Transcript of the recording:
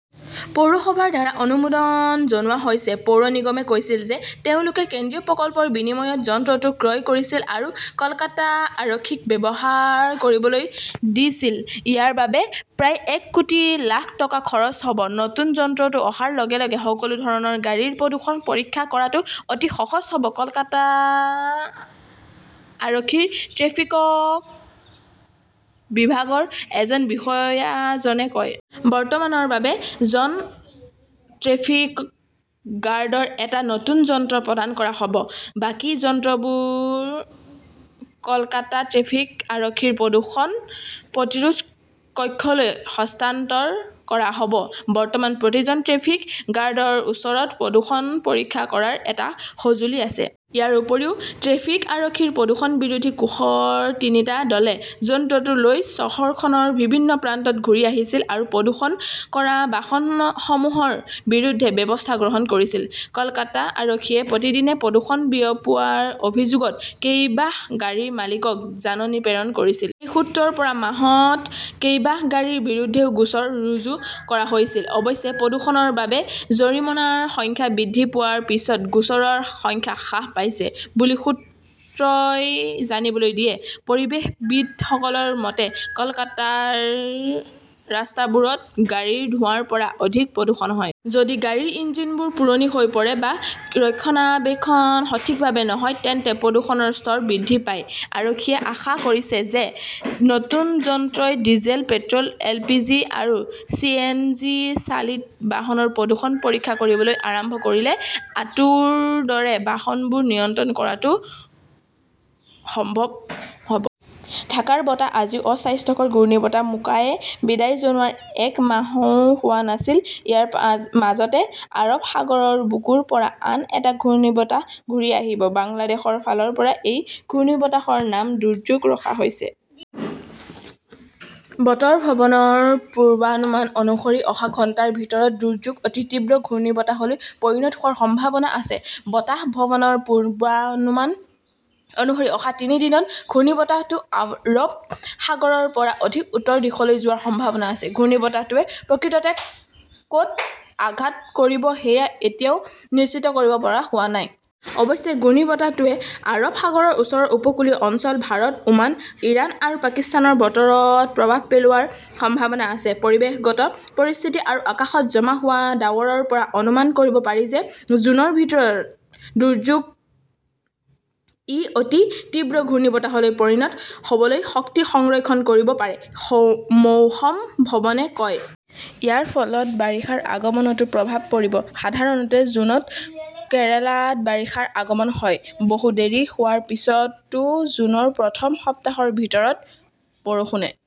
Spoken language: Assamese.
পৌৰসভাৰ দ্বাৰা অনুমোদন জনোৱা হৈছে। পৌৰ নিগমে কৈছিল যে তেওঁলোকে কেন্দ্ৰীয় প্ৰকল্পৰ বিনিময়ত যন্ত্ৰটো ক্ৰয় কৰিছিল আৰু কলকাতা আৰক্ষীক ব্যৱহাৰ কৰিবলৈ দিছিল। ইয়াৰ বাবে প্ৰায় এক কোটি লাখ টকা খৰচ হ "ব। নতুন যন্ত্ৰটো অহাৰ লগে লগে সকলো ধৰণৰ গাড়ীৰ প্ৰদূষণ পৰীক্ষা কৰাটো অতি সহজ হ "ব", কলকাতা আৰক্ষীৰ ট্ৰেফিক বিভাগৰ এজন বিষয়াজনে কয়। বৰ্তমানৰ বাবে, জন ট্ৰেফিক গাৰ্ডক এটা নতুন যন্ত্ৰ প্ৰদান কৰা হ 'ব। বাকী যন্ত্ৰবোৰ কলকাতা ট্ৰেফিক আৰক্ষীৰ প্ৰদূষণ প্ৰতিৰোধ কক্ষলৈ হস্তান্তৰ কৰা হ 'ব। বৰ্তমান প্ৰতিজন ট্ৰেফিক গাৰ্ডৰ ওচৰত প্ৰদূষণ পৰীক্ষা কৰাৰ এটা সঁজুলি আছে। ইয়াৰ উপৰিও, ট্ৰেফিক আৰক্ষীৰ প্ৰদূষণ বিৰোধী কোষৰ তিনিটা দলে যন্ত্ৰটো লৈ চহৰখনৰ বিভিন্ন প্ৰান্তত ঘূৰি আহিছিল আৰু প্ৰদূষণ কৰা বাহনসমূহৰ বিৰুদ্ধে ব্যৱস্থা গ্ৰহণ কৰিছিল। কলকাতা আৰক্ষীয়ে প্ৰতিদিনে প্ৰদূষণ বিয়পোৱাৰ অভিযোগত কেইবাশ গাড়ীৰ মালিকক জাননী প্ৰেৰণ কৰিছিল। সেই সূত্ৰৰ পৰা মাহত কেইবাশ গাড়ীৰ বিৰুদ্ধেও গোচৰ ৰুজু কৰা হৈছিল। অৱশ্যে, প্ৰদূষণৰ বাবে জৰিমনাৰ সংখ্যা বৃদ্ধি পোৱাৰ পিছত গোচৰৰ সংখ্যা হ্ৰাস পাইছে বুলি সূত্ৰই জানিবলৈ দিয়ে। পৰিৱেশবিদসকলৰ মতে, কলকাতাৰ ৰাস্তাবোৰত গাড়ীৰ ধোঁৱাৰ পৰা অধিক প্ৰদূষণ হয়। যদি গাড়ীৰ ইঞ্জিনবোৰ পুৰণি হৈ পৰে বা ৰক্ষণাবেক্ষণ সঠিকভাৱে নহয় তেন্তে প্ৰদূষণৰ স্তৰ বৃদ্ধি পায়। আৰক্ষীয়ে আশা কৰিছে যে নতুন যন্ত্ৰই ডিজেল, পেট্ৰ "ল, এলপিজি আৰু চিএনজি চালিত বাহনৰ প্ৰদূষণ পৰীক্ষা কৰিবলৈ আৰম্ভ কৰিলে অটোৰ দৰে বাহনবোৰ নিয়ন্ত্ৰণ কৰাটো সম্ভৱ হ" ব। ঢাকাৰ বতাহ আজিও 'অস্বাস্থ্যকৰ " ঘূৰ্ণীবতাহ 'মোকা "য়ে বিদায় জনোৱাৰ এক মাহও হোৱা নাছিল। ইয়াৰ মাজতে আৰব সাগৰৰ বুকুৰ পৰা আন এটা ঘূৰ্ণীবতাহ ঘূৰি আহিব। বাংলাদেশৰ ফালৰ পৰা এই ঘূৰ্ণীবতাহৰ নাম 'দুৰ্যোগ "ৰখা হৈছে। বতৰ ভৱনৰ পূৰ্বানুমান অনুসৰি অহা ঘণ্টাৰ ভিতৰত 'দুৰ্যোগ "অতি তীব্ৰ ঘূৰ্ণীবতাহলৈ পৰিণত হোৱাৰ সম্ভাৱনা আছে। বতাস ভৱনৰ পূৰ্বানুমান অনুসৰি অহা তিনি দিনত ঘূৰ্ণীবতাহটো আৰৱ সাগৰৰ পৰা অধিক উত্তৰ দিশলৈ যোৱাৰ সম্ভাৱনা আছে। ঘূৰ্ণীবতাহটোৱে প্ৰকৃততে ক "ত আঘাত কৰিব সেয়া এতিয়াও নিশ্চিত কৰিব পৰা হোৱা নাই। অৱশ্যে, ঘূৰ্ণীবতাহটোৱে আৰৱ সাগৰৰ ওচৰৰ উপকূলীয় অঞ্চল ভাৰত, ওমান, ইৰাণ আৰু পাকিস্তানৰ বতৰত প্ৰভাৱ পেলোৱাৰ সম্ভাৱনা আছে। পৰিৱেশগত পৰিস্থিতি আৰু আকাশত জমা হোৱা ডাৱৰৰ পৰা অনুমান কৰিব পাৰি যে জুনৰ ভিতৰত 'দুৰ্যোগ "ই অতি তীব্ৰ ঘূৰ্ণীবতাহলৈ পৰিণত হ" বলৈ শক্তি সংৰক্ষণ কৰিব পাৰে, মৌসম ভৱনে কয়। ইয়াৰ ফলত বাৰিষাৰ আগমনতো প্ৰভাৱ পৰিব। সাধাৰণতে জুনত কেৰালাত বাৰিষাৰ আগমন হয়। বহু দেৰি হোৱাৰ পিছতো জুনৰ প্ৰথম সপ্তাহৰ ভিতৰত বৰষুণে